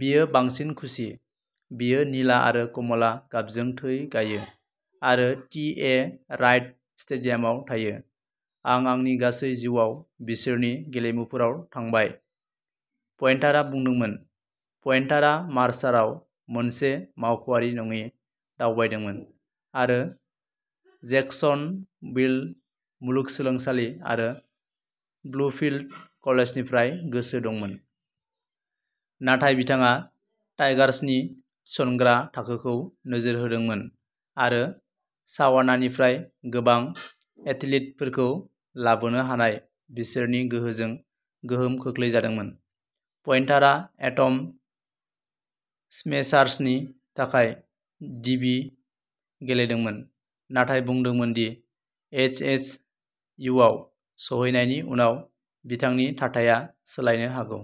बियो बांसिन खुसि। बियो निला आरो कमला गाबजों थै गायो आरो टि. ए. राइट स्टेडियामाव थायो। "आं आंनि गासै जिउआव बिसोरनि गेलेमुफोराव थांबाय", पइन्टारआ बुंदोंमोन। पइन्टारआ मार्साराव मोनसे मावख'आरि नङि दावबायदोंमोन आरो जैक्सनविल मुलुगसोलोंसालि आरो ब्लुफिल्ड कलेजनिफ्राय गोसो दंमोन। नाथाय बिथाङा टाइगार्सनि थिसनग्रा थाखोखौ नोजोर होदोंमोन आरो सावानानिफ्राय गोबां एथलीटफोरखौ लाबोनो हानाय बिसोरनि गोहोजों गोहोम खोख्लैजादोंमोन। पइन्टारआ एटम स्मेशार्सनि थाखाय डिबि गेलेदोंमोन नाथाय बुंदोंमोन दि एसएसइउआव सौहैनायनि उनाव बिथांनि थाथाया सोलायनो हागौ।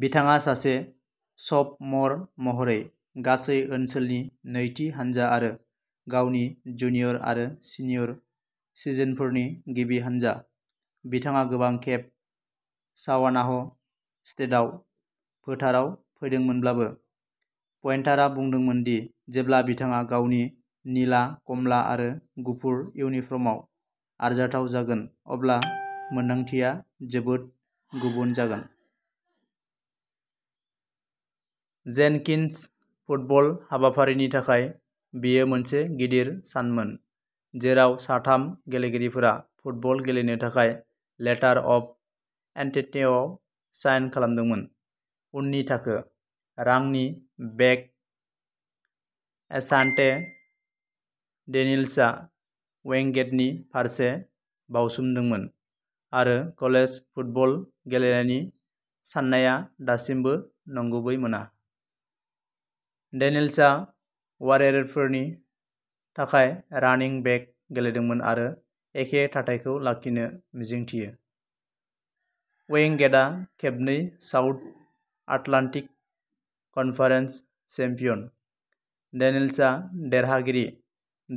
बिथाङा सासे स'फ'मर महरै गासै ओनसोलनि नैथि हानजा आरो गावनि जुनियर आरो सिनियर सिजनफोरनि गिबि हानजा। बिथाङा गोबां खेब सावानाह स्टेटआव फोथाराव फैदोंमोनब्लाबो, पइन्टारआ बुंदोंमोन दि जेब्ला बिथाङा गावनि निला, कमला आरो गुफुर इउनिफर्मआव आरजाथाव जागोन अब्ला मोन्दांथिया जोबोद गुबुन जागोन। जेनकिन्स फुटबल हाबाफारिनि थाखाय बेयो मोनसे गिदिर सानमोन जेराव साथाम गेलेगिरिफोरा फुटबल गेलेनो थाखाय लेटार अफ इन्टेन्टआव साइन खालामदोंमोन। उननि थाखो। रानिं बेक एशान्टे डेनियल्सआ विंगेटनि फारसे बाउसोमदोंमोन, आरो कलेज फुटबल गेलेनायनि साननाया दासिमबो नंगुबै मोना। डेनियल्सआ वारियरफोरनि थाखाय रानिं बेक गेलेदोंमोन आरो एखे थाथायखौ लाखिनो मिजिंथियो। विंगेटआ खेबनै साउथ एटलान्टिक कनफारेन्स चेम्पियन। डेनियल्सआ देरहागिरि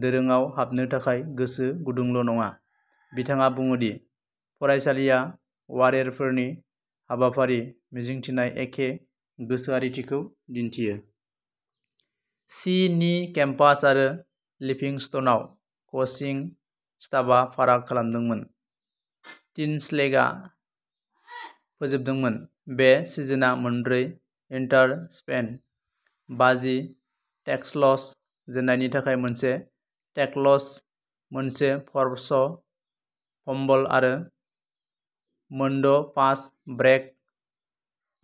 दोरोंआव हाबनो थाखाय गोसो गुदुंल' नङा, बिथाङा बुङो दि फरायसालिआ वारियरफोरनि हाबाफारि मिजिंथिनाय एखे गोसोआरिथिखौ दिन्थियो। सि. नि केम्पास आरो लिभिंस्टनआव क'चिं स्टाफआ फाराग खालामदोंमोन। टिनस्लेआ फोजोबदोंमोन। बे सिजनआव मोनब्रै इन्टारसेप्शन, बाजि टेकल्स, जेननायनि थाखाय मोनसे टेकल्स, मोनसे फ'र्स फम्बल आरो मोनद'पास ब्रेक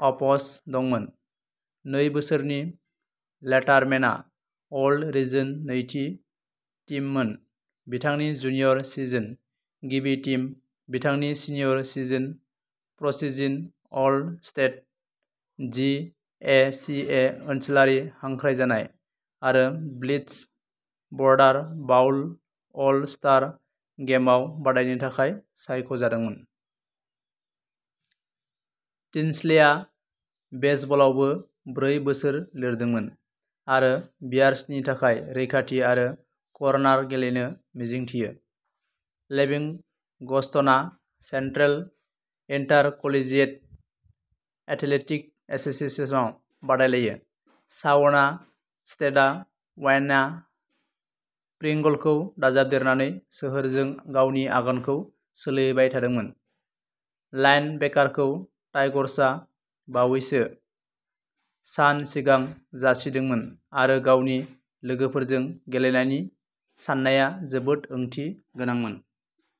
अप्स दंमोन। नै बोसोरनि लेटरमेनआ अल रिजन नैथि टीममोन, बिथांनि जुनियर सिजन, गिबि टीम बिथांनि senior season, preseason all state, G A C A ओनसोलारि हांख्रायजानाय आरो blitz border bowl all star गेमआव बादायनो थाखाय सायख' जादोंमोन। टिनस्लेआ बेसबलआवबो ब्रै बोसोर लिरदोंमोन आरो बियार्सनि थाखाय रैखाथि आरो कर्नार गेलेनो मिजिंथियो। लिविंगस्ट'ना सेन्ट्रेल इन्टारकलेजियेट एथलेटिक एस'सिएशनआव बादायलायो। सावाना स्टेटआ वान्या प्रिंगलखौ दाजाबदेरनानै सोहोरजों गावनि आगानखौ सोलिहोबाय थादोंमोन। लाइनबेकारखौ टाइगर्सआ बावैसो सान सिगां जासिदोंमोन आरो गावनि लोगोफोरजों गेलेनायनि साननाया जोबोद ओंथि गोनांमोन।